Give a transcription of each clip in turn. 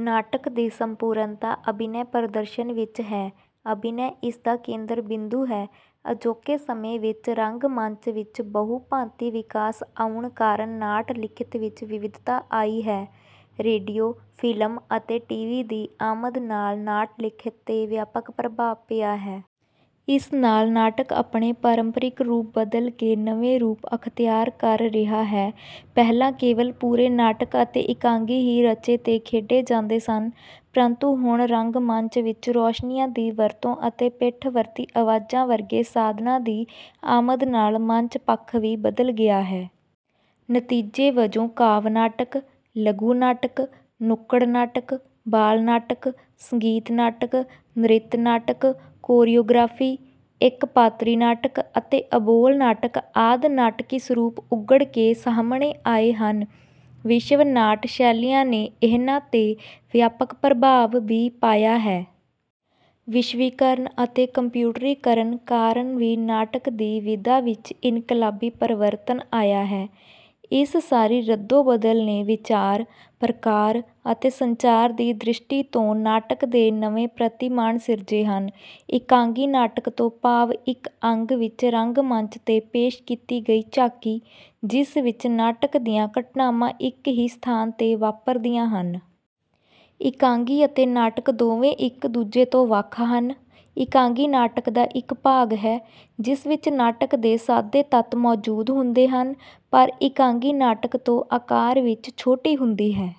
ਨਾਟਕ ਦੀ ਸੰਪੂਰਨਤਾ ਅਭਿਨੈ ਪ੍ਰਦਰਸ਼ਨ ਵਿੱਚ ਹੈ, ਅਭਿਨੈ ਇਸ ਦਾ ਕੇਂਦਰ ਬਿੰਦੂ ਹੈ। ਅਜੋਕੇ ਸਮੇਂ ਵਿੱਚ ਰੰਗ ਮੰਚ ਵਿੱਚ ਬਹੁਭਾਂਤੀ ਵਿਕਾਸ ਆਉਣ ਕਾਰਨ ਨਾਟ ਲਿਖਤ ਵਿੱਚ ਵਿਵਿਧਤਾ ਆਈ ਹੈ। ਰੇਡੀਓ, ਫਿਲਮ ਅਤੇ ਟੀ ਵੀ ਦੀ ਆਮਦ ਨਾਲ ਨਾਟ ਲਿਖਤ ਤੇ ਵਿਆਪਕ ਪ੍ਰਭਾਵ ਪਿਆ ਹੈ। ਇਸ ਨਾਲ ਨਾਟਕ ਆਪਣੇ ਪਰੰਪਰਿਕ ਰੂਪ ਬਦਲ ਕੇ ਨਵੇਂ ਰੂਪ ਅਖਤਿਆਰ ਕਰ ਰਿਹਾ ਹੈ। ਪਹਿਲਾਂ ਕੇਵਲ ਪੂਰੇ ਨਾਟਕ ਅਤੇ ਇਕਾਂਗੀ ਹੀ ਰਚੇ ਤੇ ਖੇਡੇ ਜਾਂਦੇ ਸਨ ਪਰੰਤੂ ਹੁਣ ਰੰਗ ਮੰਚ ਵਿੱਚ ਰੋਸ਼ਨੀਆਂ ਦੀ ਵਰਤੋਂ ਅਤੇ ਪਿੱਠ ਵਰਤੀ ਅਵਾਜ਼ਾਂ ਵਰਗੇ ਸਾਧਨਾਂ ਦੀ ਆਮਦ ਨਾਲ ਮੰਚ ਪੱਖ ਵੀ ਬਦਲ ਗਿਆ ਹੈ। ਨਤੀਜੇ ਵਜੋਂ ਕਾਵਿ ਨਾਟਕ, ਲਘੂ ਨਾਟਕ, ਨੁਕੜ ਨਾਟਕ, ਬਾਲ ਨਾਟਕ, ਸੰਗੀਤ ਨਾਟਕ, ਨ੍ਰਿਤ ਨਾਟਕ, ਕੋਰਿਓਗ੍ਰਾਫੀ, ਇੱਕ ਪਾਤਰੀ ਨਾਟਕ ਅਤੇ ਅਬੋਲ ਨਾਟਕ ਆਦਿ ਨਾਟਕੀ ਸਰੂਪ ਉੱਘੜ ਕੇ ਸਾਹਮਣੇ ਆਏ ਹਨ। ਵਿਸ਼ਵ ਨਾਟ ਸ਼ੈਲੀਆਂ ਨੇ ਇਹਨਾਂ ਤੇ ਵਿਆਪਕ ਪ੍ਰਭਾਵ ਵੀ ਪਾਇਆ ਹੈ। ਵਿਸ਼ਵੀਕਰਨ ਅਤੇ ਕੰਪਿਊਟਰੀਕਰਨ ਕਾਰਨ ਵੀ ਨਾਟਕ ਦੀ ਵਿਧਾ ਵਿੱਚ ਇਨਕਲਾਬੀ ਪਰਿਵਰਤਨ ਆਇਆ ਹੈ। ਇਸ ਸਾਰੀ ਰੱਦੋ ਬਦਲ ਨੇ ਵਿਚਾਰ, ਪ੍ਰਕਾਰ ਅਤੇ ਸੰਚਾਰ ਦੀ ਦ੍ਰਿਸ਼ਟੀ ਤੋਂ ਨਾਟਕ ਦੇ ਨਵੇਂ ਪ੍ਰਤਿਮਾਨ ਸਿਰਜੇ ਹਨ। ਇਕਾਂਗੀ ਨਾਟਕ ਤੋਂ ਭਾਵ ਇੱਕ ਅੰਗ ਵਿੱਚ ਰੰਗਮੰਚ ਤੇ ਪੇਸ਼ ਕੀਤੀ ਗਈ ਝਾਕੀ ਜਿਸ ਵਿੱਚ ਨਾਟਕ ਦੀਆਂ ਘਟਨਾਵਾਂ ਇੱਕ ਹੀ ਸਥਾਨ ਤੇ ਵਾਪਰਦੀਆਂ ਹਨ। ਇਕਾਂਗੀ ਅਤੇ ਨਾਟਕ ਦੋਵੇਂ ਇੱਕ ਦੂਜੇ ਤੋਂ ਵੱਖ ਹਨ। ਇਕਾਂਗੀ ਨਾਟਕ ਦਾ ਇੱਕ ਭਾਗ ਹੈ ਜਿਸ ਵਿੱਚ ਨਾਟਕ ਦੇ ਸਾਦੇ ਤੱਤ ਮੌਜੂਦ ਹੁੰਦੇ ਹਨ, ਪਰ ਇਕਾਂਗੀ ਨਾਟਕ ਤੋਂ ਆਕਾਰ ਵਿੱਚ ਛੋਟੀ ਹੁੰਦੀ ਹੈ।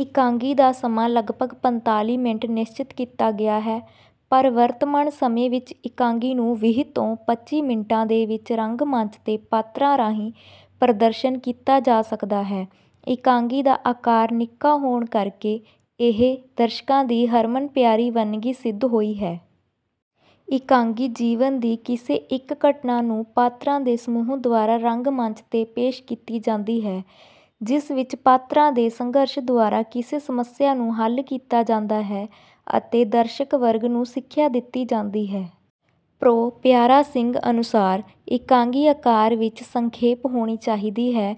ਇਕਾਂਗੀ ਦਾ ਸਮਾਂ ਲਗਭਗ ਪੰਤਾਲੀ ਮਿੰਟ ਨਿਸਚਿਤ ਕੀਤਾ ਗਿਆ ਹੈ, ਪਰ ਵਰਤਮਾਨ ਸਮੇਂ ਵਿੱਚ ਇਕਾਂਗੀ ਨੂੰ ਵੀਹ ਤੋਂ ਪੱਚੀ ਮਿੰਟਾਂ ਦੇ ਵਿੱਚ ਰੰਗਮੰਚ ਤੇ ਪਾਤਰਾਂ ਰਾਹੀਂ ਪ੍ਰਦਰਸ਼ਨ ਕੀਤਾ ਜਾ ਸਕਦਾ ਹੈ। ਇਕਾਂਗੀ ਦਾ ਆਕਾਰ ਨਿੱਕਾ ਹੋਣ ਕਰਕੇ ਇਹ ਦਰਸ਼ਕਾਂ ਦੀ ਹਰਮਨ ਪਿਆਰੀ ਵੰਨਗੀ ਸਿੱਧ ਹੋਈ ਹੈ। ਇਕਾਂਗੀ ਜੀਵਨ ਦੀ ਕਿਸੇ ਇੱਕ ਘਟਨਾ ਨੂੰ ਪਾਤਰਾਂ ਦੇ ਸਮੂਹ ਦੁਆਰਾ ਰੰਗਮੰਚ ਤੇ ਪੇਸ਼ ਕੀਤੀ ਜਾਂਦੀ ਹੈ। ਜਿਸ ਵਿੱਚ ਪਾਤਰਾਂ ਦੇ ਸੰਘਰਸ਼ ਦੁਆਰਾ ਕਿਸੇ ਸਮੱਸਿਆ ਨੂੰ ਹੱਲ ਕੀਤਾ ਜਾਂਦਾ ਹੈ, ਅਤੇ ਦਰਸ਼ਕ ਵਰਗ ਨੂੰ ਸਿੱਖਿਆ ਦਿੱਤੀ ਜਾਂਦੀ ਹੈ। ਪ੍ਰੋਫ਼ੈਸਰ ਪਿਆਰਾ ਸਿੰਘ ਅਨੁਸਾਰ, ਇਕਾਂਗੀ ਆਕਾਰ ਵਿੱਚ ਸੰਖੇਪ ਹੋਣੀ ਚਾਹੀਦੀ ਹੈ।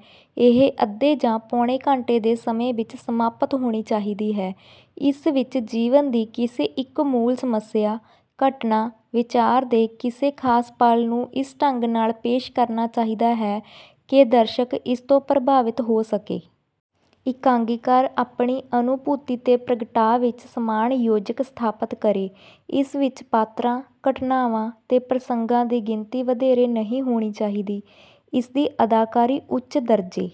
ਇਹ ਅੱਧੇ ਜਾਂ ਪੌਣੇ ਘੰਟੇ ਦੇ ਸਮੇਂ ਵਿੱਚ ਸਮਾਪਤ ਹੋਣੀ ਚਾਹੀਦੀ ਹੈ। ਇਸ ਵਿੱਚ ਜੀਵਨ ਦੀ ਕਿਸੇ ਇੱਕ ਮੂਲ ਸਮੱਸਿਆ, ਘਟਨਾ, ਵਿਚਾਰ ਦੇ ਕਿਸੇ ਖਾਸ ਪਲ ਨੂੰ ਇਸ ਢੰਗ ਨਾਲ ਪੇਸ਼ ਕਰਨਾ ਚਾਹੀਦਾ ਹੈ, ਕਿ ਦਰਸ਼ਕ ਇਸ ਤੋਂ ਪ੍ਰਭਾਵਿਤ ਹੋ ਸਕੇ। ਇਕਾਂਗੀਕਾਰ ਆਪਣੀ ਅਨੁਭੂਤੀ ਤੇ ਪ੍ਰਗਟਾਅ ਵਿੱਚ ਸਮਾਨਯੋਜਕ ਸਥਾਪਤ ਕਰੇ। ਇਸ ਵਿੱਚ ਪਾਤਰਾਂ, ਘਟਨਾਵਾਂ, ਤੇ ਪ੍ਰਸੰਗਾਂ ਦੀ ਗਿਣਤੀ ਵਧੇਰੇ ਨਹੀਂ ਹੋਣੀ ਚਾਹੀਦੀ। ਇਸ ਦੀ ਅਦਾਕਾਰੀ ਉੱਚ ਦਰਜੇ